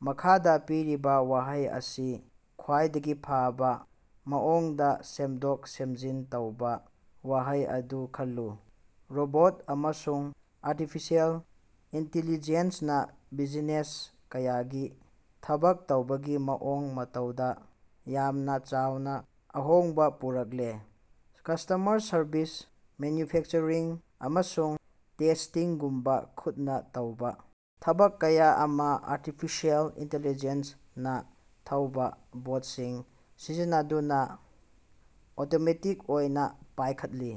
ꯃꯈꯥꯗꯥ ꯄꯤꯔꯤꯕꯥ ꯋꯥꯍꯩ ꯑꯁꯤ ꯈ꯭ꯋꯥꯏꯗꯒꯤ ꯐꯕ ꯃꯑꯣꯡꯗ ꯁꯦꯝꯗꯣꯛ-ꯁꯦꯝꯖꯤꯟ ꯇꯧꯕ ꯋꯥꯍꯩ ꯑꯗꯨ ꯈꯜꯂꯨ: ꯔꯣꯕꯣꯠ ꯑꯃꯁꯨꯡ ꯑꯥꯔꯇꯤꯐꯤꯁꯤꯑꯦꯜ ꯏꯟꯇꯤꯂꯤꯖꯦꯟꯁꯅ ꯕꯤꯖꯤꯅꯦꯁ ꯀꯌꯥꯒꯤ ꯊꯕꯛ ꯇꯧꯕꯒꯤ ꯃꯑꯣꯡ ꯃꯇꯧꯗ ꯌꯥꯝꯅ ꯆꯥꯎꯅ ꯑꯍꯣꯡꯕ ꯄꯨꯔꯛꯂꯦ꯫ ꯀꯁꯇꯃꯔ ꯁꯔꯕꯤꯁ ꯃꯦꯟꯌꯨꯐꯦꯛꯆꯔꯤꯡ ꯑꯃꯁꯨꯡ ꯇꯦꯁꯇꯤꯡꯒꯨꯝꯕ ꯈꯨꯠꯅ ꯇꯧꯕ ꯊꯕꯛ ꯀꯌꯥ ꯑꯃ ꯑꯥꯔꯇꯤꯐꯤꯁꯤꯑꯦꯜ ꯏꯟꯇꯤꯂꯤꯖꯦꯟꯁ ꯅ ꯊꯧꯕꯥ ꯕꯣꯠꯁꯤꯡ ꯁꯤꯖꯤꯟꯅꯗꯨꯅ ꯑꯣꯇꯣꯃꯦꯇꯤꯛ ꯑꯣꯏꯅ ꯄꯥꯢꯈꯠꯂꯤ꯫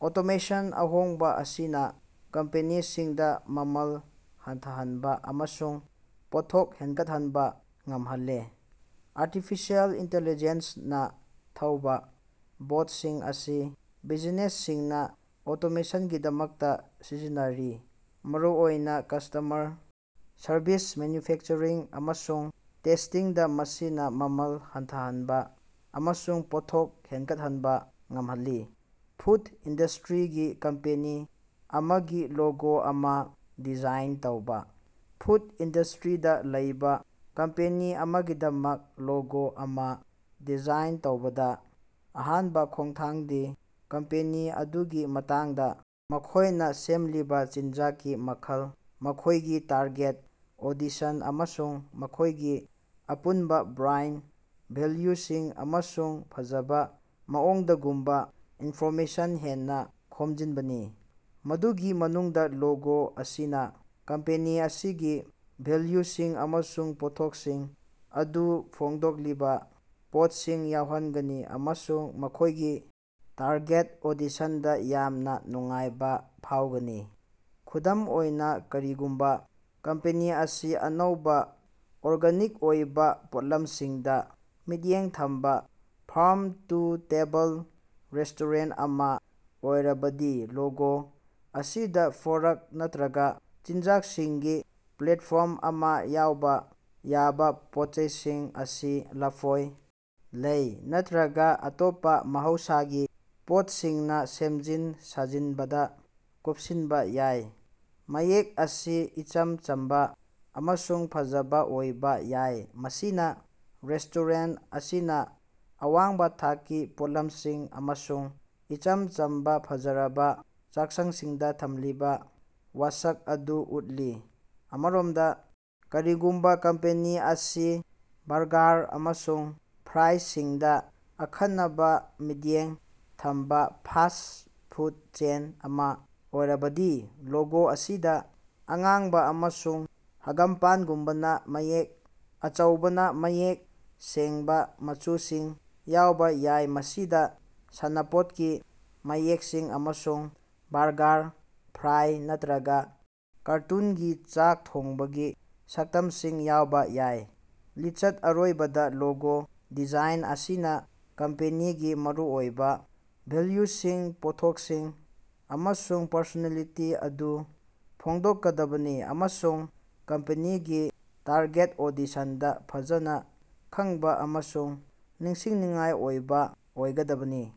ꯑꯣꯇꯣꯃꯦꯁꯟꯗ ꯑꯍꯣꯡꯕ ꯑꯁꯤꯅ ꯀꯝꯄꯦꯅꯤꯁꯤꯡꯗ ꯃꯃꯜ ꯍꯟꯊꯍꯟꯕ ꯑꯃꯁꯨꯡ ꯄꯣꯠꯊꯣꯛ ꯍꯦꯟꯒꯠꯍꯟꯕ ꯉꯝꯍꯜꯂꯦ꯫ ꯑꯥꯔꯇꯤꯐꯤꯁꯤꯑꯦꯜ ꯏꯟꯇꯤꯂꯤꯖꯦꯟꯁ ꯅꯥ ꯊꯧꯕ ꯕꯣꯠꯁꯤꯡ ꯑꯁꯤ ꯕꯤꯖꯤꯅꯦꯁꯁꯤꯡꯅ ꯑꯣꯇꯣꯃꯦꯁꯟꯒꯤꯗꯃꯛꯇ ꯁꯤꯖꯤꯟꯅꯔꯤ ꯃꯔꯨꯑꯣꯏꯅ ꯀꯁꯇꯃꯔ ꯁꯔꯕꯤꯁ, ꯃꯦꯟꯌꯨꯐꯦꯛꯆꯔꯤꯡ ꯑꯃꯁꯨꯡ ꯇꯦꯁꯇꯤꯡꯗ ꯃꯁꯤꯅ ꯃꯃꯜ ꯍꯟꯊꯍꯟꯕ ꯑꯃꯁꯨꯡ ꯄꯣꯠꯊꯣꯛ ꯍꯦꯟꯒꯠꯍꯟꯕ ꯉꯝꯍꯜꯂꯤ꯫ ꯐꯨꯗ ꯏꯟꯗꯁꯇ꯭ꯔꯤꯒꯤ ꯀꯝꯄꯦꯅꯤ ꯑꯃꯒꯤ ꯂꯣꯒꯣ ꯑꯃ ꯗꯤꯖꯥꯏꯟ ꯇꯧꯕꯥ꯫ ꯐꯨꯗ ꯏꯟꯗꯁꯇ꯭ꯔꯤꯗ ꯂꯩꯕꯥ ꯀꯝꯄꯦꯅꯤ ꯑꯃꯒꯤꯗꯃꯛ ꯂꯣꯒꯣ ꯑꯃ ꯗꯤꯖꯥꯏꯟ ꯇꯧꯕꯗ ꯑꯍꯥꯟꯕ ꯈꯣꯡꯊꯥꯡꯗꯤ ꯀꯝꯄꯦꯅꯤ ꯑꯗꯨꯒꯤ ꯃꯇꯥꯡꯗ ꯃꯈꯣꯢꯅ ꯁꯦꯝꯂꯤꯕ ꯆꯤꯟꯖꯥꯛꯀꯤ ꯃꯈꯜ ꯃꯈꯣꯢꯒꯤ ꯇꯥꯔꯒꯦꯠ ꯑꯣꯗꯤꯁꯟ ꯑꯃꯁꯨꯡ ꯃꯈꯣꯢꯒꯤ ꯑꯄꯨꯟꯕ ꯕ꯭ꯔꯥꯟꯗ ꯚꯦꯜꯌꯨꯁꯤꯡ ꯑꯃꯁꯨꯡ ꯐꯖꯕ ꯃꯑꯣꯡꯗꯒꯨꯝꯕ ꯏꯅꯐꯣꯔꯃꯦꯁꯟ ꯍꯦꯟꯅꯥ ꯈꯣꯝꯖꯤꯟꯕꯅꯤ꯫ ꯃꯗꯨꯒꯤ ꯃꯇꯨꯡꯗ ꯂꯣꯒꯣ ꯑꯁꯤꯅ ꯀꯝꯄꯦꯅꯤ ꯑꯁꯤꯒꯤ ꯚꯦꯜꯌꯨꯁꯤꯡ ꯑꯃꯁꯨꯡ ꯄꯣꯠꯊꯣꯛꯁꯤꯡ ꯑꯗꯨ ꯐꯣꯡꯗꯣꯛꯂꯤꯕ ꯄꯣꯠꯁꯤꯡ ꯌꯥꯎꯍꯟꯒꯅꯤ ꯑꯃꯁꯨꯡ ꯃꯈꯣꯢꯒꯤ ꯇꯥꯔꯒꯦꯠ ꯑꯣꯗꯤꯁꯟꯗ ꯌꯥꯝꯅ ꯅꯨꯡꯉꯥꯏꯕ ꯐꯥꯎꯒꯅꯤ꯫ ꯈꯨꯗꯝ ꯑꯣꯏꯅ ꯀꯔꯤꯒꯨꯝꯕ ꯀꯝꯄꯦꯅꯤ ꯑꯁꯤ ꯑꯅꯧꯕ ꯑꯣꯔꯒꯥꯅꯤꯛ ꯑꯣꯏꯕ ꯄꯣꯠꯂꯝꯁꯤꯡꯗ ꯃꯤꯠꯌꯦꯡ ꯊꯝꯕ ꯐꯥꯔꯝ-ꯇꯨ-ꯇꯦꯕꯜ ꯔꯦꯁꯇꯣꯔꯦꯟꯇ ꯑꯃ ꯑꯣꯏꯔꯕꯗꯤ ꯂꯣꯒꯣ ꯑꯁꯤꯗ ꯐꯣꯔꯛ ꯅꯠꯇ꯭ꯔꯒ ꯆꯤꯟꯖꯥꯛꯁꯤꯡꯒꯤ ꯄ꯭ꯂꯦꯠꯐꯣꯔꯝ ꯑꯃ ꯌꯥꯎꯕ ꯌꯥꯕ ꯄꯣꯠ ꯆꯩꯁꯤꯡ ꯑꯁꯤ ꯂꯐꯣꯏ, ꯂꯩ ꯅꯠꯇ꯭ꯔꯒ ꯑꯇꯣꯞꯄ ꯃꯍꯧꯁꯥꯒꯤ ꯄꯣꯠꯁꯤꯡꯅ ꯁꯦꯝꯖꯤꯟ ꯁꯥꯖꯤꯟꯕꯗ ꯀꯨꯞꯁꯤꯟꯕ ꯌꯥꯏ꯫ ꯃꯌꯦꯛ ꯑꯁꯤ ꯏꯆꯝ ꯆꯝꯕ ꯑꯃꯁꯨꯡ ꯐꯖꯕ ꯑꯣꯏꯕ ꯌꯥꯏ ꯃꯁꯤꯅ ꯔꯦꯁꯇꯣꯔꯦꯟꯇ ꯑꯁꯤꯅ ꯑꯋꯥꯡꯕ ꯊꯥꯛꯀꯤ ꯄꯣꯠꯂꯝꯁꯤꯡ ꯑꯃꯁꯨꯡ ꯏꯆꯝ ꯆꯝꯕ ꯐꯖꯔꯕ ꯆꯥꯛꯁꯪꯁꯤꯡꯗ ꯊꯝꯂꯤꯕꯥ ꯋꯥꯁꯛ ꯑꯗꯨ ꯎꯠꯂꯤ꯫ ꯑꯃꯔꯣꯝꯗ ꯀꯔꯤꯒꯨꯝꯕꯥ ꯀꯝꯄꯦꯅꯤ ꯑꯁꯤ ꯕꯔꯒꯥꯔ ꯑꯃꯁꯨꯡ ꯐ꯭ꯔꯥꯏꯁꯤꯡꯗ ꯑꯈꯟꯅꯕ ꯃꯤꯠꯌꯦꯡ ꯊꯝꯕ ꯐꯥꯁ꯭ꯠ ꯐꯨꯗ ꯆꯦꯟ ꯑꯃ ꯑꯣꯏꯔꯕꯗꯤ ꯂꯣꯒꯣ ꯑꯁꯤꯗ ꯑꯉꯥꯡꯕ ꯑꯃꯁꯨꯡ ꯍꯥꯒꯥꯝꯄꯥꯟꯒꯨꯝꯕꯅ ꯃꯌꯦꯛ ꯑꯆꯧꯕꯅ ꯃꯌꯦꯛ ꯁꯦꯡꯕ ꯃꯆꯨꯁꯤꯡ ꯌꯥꯎꯕ ꯌꯥꯏ ꯃꯁꯤꯗꯥ ꯁꯥꯟꯅꯄꯣꯠꯀꯤ ꯃꯌꯦꯛꯁꯤꯡ ꯑꯃꯁꯨꯡ ꯕꯔꯒꯥꯔ, ꯐ꯭ꯔꯥꯏ ꯅꯠꯇ꯭ꯔꯒ ꯀꯥꯔꯇꯨꯟꯒꯤ ꯆꯥꯛ ꯊꯣꯡꯕꯒꯤ ꯁꯛꯇꯝꯁꯤꯡ ꯌꯥꯎꯕ ꯌꯥꯏ꯫ ꯂꯤꯆꯠ ꯑꯔꯣꯏꯕꯗ ꯂꯣꯒꯣ ꯗꯤꯖꯥꯏꯟ ꯑꯁꯤꯅ ꯀꯝꯄꯦꯅꯤꯒꯤ ꯃꯔꯨꯑꯣꯏꯕ ꯚꯦꯜꯌꯨꯁꯤꯡ ꯄꯣꯠꯊꯣꯛꯁꯤꯡ ꯑꯃꯁꯨꯡ ꯄꯔꯁꯣꯅꯦꯂꯤꯇꯤ ꯑꯗꯨ ꯐꯣꯡꯗꯣꯛꯀꯗꯕꯅꯤ ꯑꯃꯁꯨꯡ ꯀꯝꯄꯦꯅꯤꯒꯤ ꯇꯥꯔꯒꯦꯠ ꯑꯣꯗꯤꯁꯟꯗ ꯐꯖꯅ ꯈꯡꯕ ꯑꯃꯁꯨꯡ ꯅꯤꯡꯁꯤꯡꯅꯤꯡꯉꯥꯏ ꯑꯣꯏꯕ ꯑꯣꯏꯒꯗꯕꯅꯤ꯫